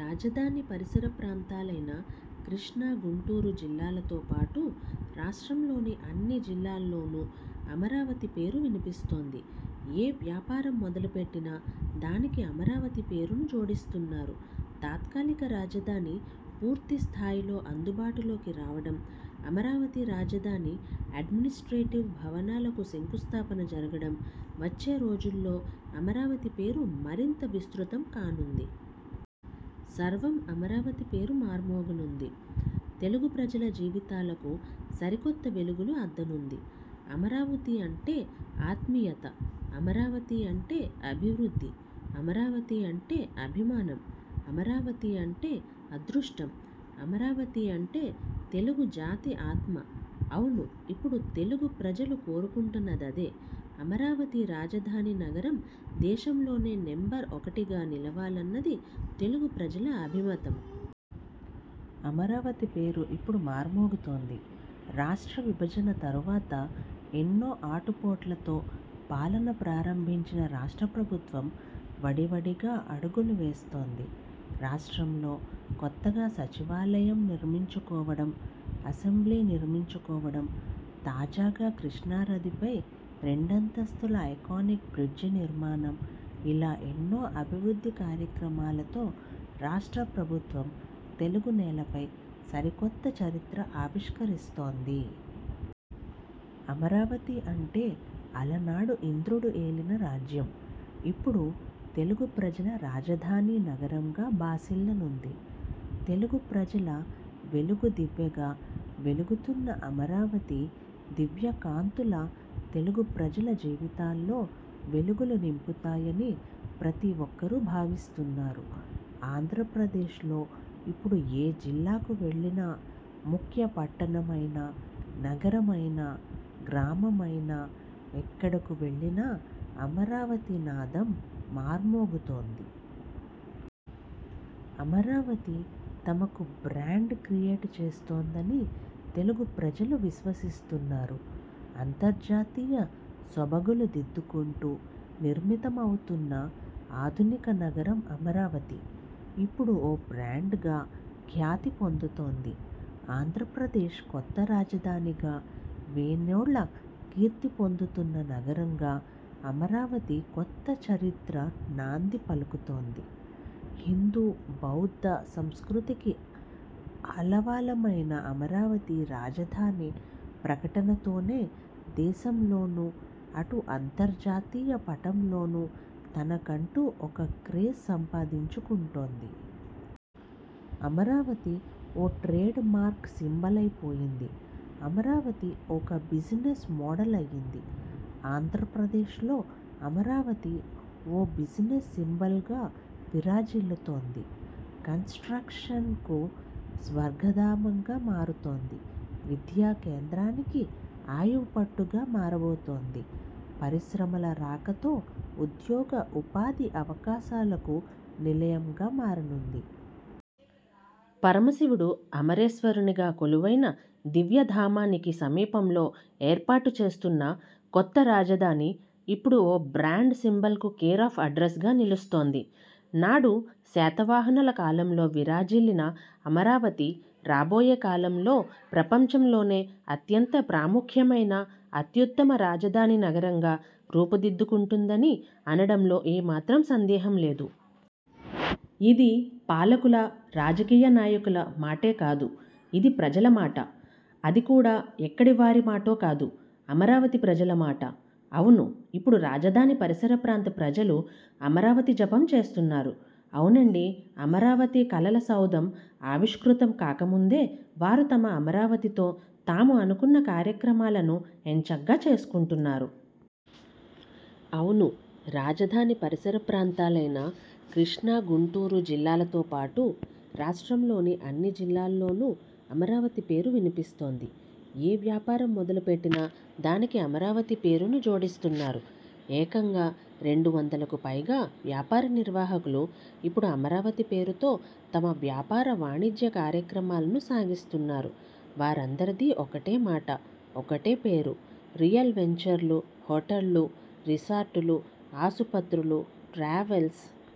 రాజధాని పరిసర ప్రాంతాలైన కృష్ణా, గుంటూరు జిల్లాలతో పాటు, రాష్ట్రంలోని అన్ని జిల్లాల్లోనూ అమరావతి పేరు వినిపిస్తోంది. ఏ వ్యాపారం మొదలుపెట్టినా దానికి అమరావతి పేరును జోడిస్తున్నారు. తాత్కాలిక రాజధాని పూర్తి స్థాయిలో అందుబాటులోకి రావడం, అమరావతి రాజధాని అడ్మినిస్ట్రేటివ్ భవనాలకు శంకుస్థాపన జరగడం వచ్చే రోజుల్లో అమరావతి పేరు మరింత విస్తృతం కానుంది. సర్వం అమరావతి పేరు మార్మోగనుంది. తెలుగు ప్రజల జీవితాలకు సరికొత్త వెలుగులు అద్దనుంది. అమరావతి అంటే ఆత్మీయత, అమరావతి అంటే అభివృద్ధి, అమరావతి అంటే అభిమానం, అమరావతి అంటే అదృష్టం, అమరావతి అంటే తెలుగు జాతి ఆత్మ. అవును ఇప్పుడు తెలుగు ప్రజలు కోరుకుంటున్నదదే. అమరావతి రాజధాని నగరం దేశంలోనే నెంబర్ ఒకటిగా నిలవాలన్నది తెలుగు ప్రజల అభిమాతం. అమరావతి పేరు ఇప్పుడు మార్మోగుతోంది. రాష్ట్ర విభజన తర్వాత ఎన్నో ఆటుపోట్లతో పాలన ప్రారంభించిన రాష్ట్ర ప్రభుత్వం వడివడిగా అడగులు వేస్తోంది. రాష్ట్రంలో కొత్తగా సచివాలయం నిర్మించుకోవడం, అసెంబ్లీ నిర్మించుకోవడం తాజాగా కృష్ణానదిపై రెండస్తుల ఐకానిక్ బ్రిడ్జి నిర్మాణం ఇలా ఎన్నో అభివృద్ధి కార్యక్రమాలతో రాష్ట్ర ప్రభుత్వం తెలుగునేలపై సరికొత్త చరిత్ర ఆవిష్కరిస్తోంది. అమరావతి అంటే అలనాడు ఇంద్రుడు ఏలిన రాజ్యం. ఇప్పుడు తెలుగు ప్రజల రాజధానీ నగరంగా భాసిల్లనుంది. తెలుగు ప్రజల వెలుగు దివ్వెగా వెలుగుతున్న అమరావతి దివ్యకాంతుల తెలుగు ప్రజల జీవితాల్లో వెలుగులు నింపుతాయని ప్రతిఒక్కరూ భావిస్తున్నారు. ఆంధ్రప్రదేశ్లో ఇప్పుడు ఏ జిల్లాకు వెళ్లినా, ముఖ్యపట్టణమైనా, నగరమైనా, గ్రామమైనాఎక్కడకు వెళ్లినా అమరావతి నాదం మార్మోగుతోంది. అమరావతి తమకు బ్రాండ్ క్రియేట్ చేస్తోందని తెలుగు ప్రజలు విశ్వసిస్తున్నారు. అంతర్జాతీయ సొబగులు దిద్దుకుంటూ నిర్మితమవుతున్న ఆధునిక నగరం అమరావతి ఇప్పుడు ఓ బ్రాండ్గా ఖ్యాతి పొందుతోంది. ఆంధ్రప్రదేశ్ కొత్త రాజధానిగా వేనోళ్ల కీర్తి పొందుతున్న నగరంగా అమరావతి కొత్త చరిత్ర నాంది పలుకుతోంది. హిందూ, బౌద్ధ సంస్కృతికి ఆలవాలమైన అమరావతి రాజధాని ప్రకటనతోనే దేశంలోనూ, అటు అంతర్జాతీయ పటంలోనూ తనకంటూ ఓ క్రేజ్ సంపాదించుకుంటోంది. అమరావతి ఓ ట్రేడ్ మార్క్ సింబలై పోయింది. అమరావతి ఒక బిజినెస్ మోడల్ అయింది. ఆంధ్రప్రదేశ్లో అమరావతి ఓ బిజినెస్ సింబల్గా విరాజిల్లుతోంది. కన్స్ ట్రాక్షన్ కు స్వర్గధామంగా మారుతోంది. విద్యా కేంద్రానికి ఆయువుపట్టుగా మారబోతోంది. పరిశ్రమల రాకతో ఉద్యోగ, ఉపాధి అవకాశాలకు నిలయంగా మారనుంది. పరమశివుడు అమరేశ్వరునిగా కొలువైన దివ్యధామానికి సమీపంలో ఏర్పాటు చేస్తున్న కొత్త రాజధాని ఇప్పుడు ఓ బ్రాండ్ సింబల్కు కేరాఫ్ అడ్రస్ గా నిలుస్తోంది. నాడు శాతవాహనుల కాలంలో విరాజిల్లిన అమరావతి రాబోయే కాలంలో ప్రపంచంలోనే అత్యంత ప్రాముఖ్యమైన, అత్యుత్తమ రాజధాని నగరంగా రూపుదిద్దుకుంటుందని అనడంలో ఏమాత్రం సందేహం లేదు. ఇది పాలకుల, రాజకీయ నాయకుల మాటే కాదు, ఇది ప్రజల మాట. అది కూడా ఎక్కడి వారి మాటో కాదు, అమరావతి ప్రజల మాట. అవును ఇప్పుడు రాజధాని పరిసర ప్రాంత ప్రజలు అమరావతి జపం చేస్తున్నారు. అవునండీ అమరావతి కలల సౌధం ఆవిష్కృతం కాక ముందే వారు తమ అమరావతితో తాము అనుకున్న కార్యక్రమాలను ఎంచక్కా చేసుకుంటున్నారు. అవును రాజధాని పరిసర ప్రాంతాలైన కృష్ణా, గుంటూరు జిల్లాలతో పాటు, రాష్ట్రంలోని అన్ని జిల్లాల్లోనూ అమరావతి పేరు వినిపిస్తోంది. ఏ వ్యాపారం మొదలుపెట్టినా దానికి అమరావతి పేరును జోడిస్తున్నారు. ఏకంగా రెండు వందలకు పైగా వ్యాపార నిర్వాహకులు ఇప్పుడు అమరావతి పేరుతో తమ వ్యాపార వాణిజ్య కార్యక్రమాలను సాగిస్తున్నారు వారందరిదీ ఒకటే మాట, ఒకటే పేరు. రియల్ వెంచర్లు, హోటళ్లు, రిసార్టులు, ఆసుపత్రులు, ట్రావెల్స్,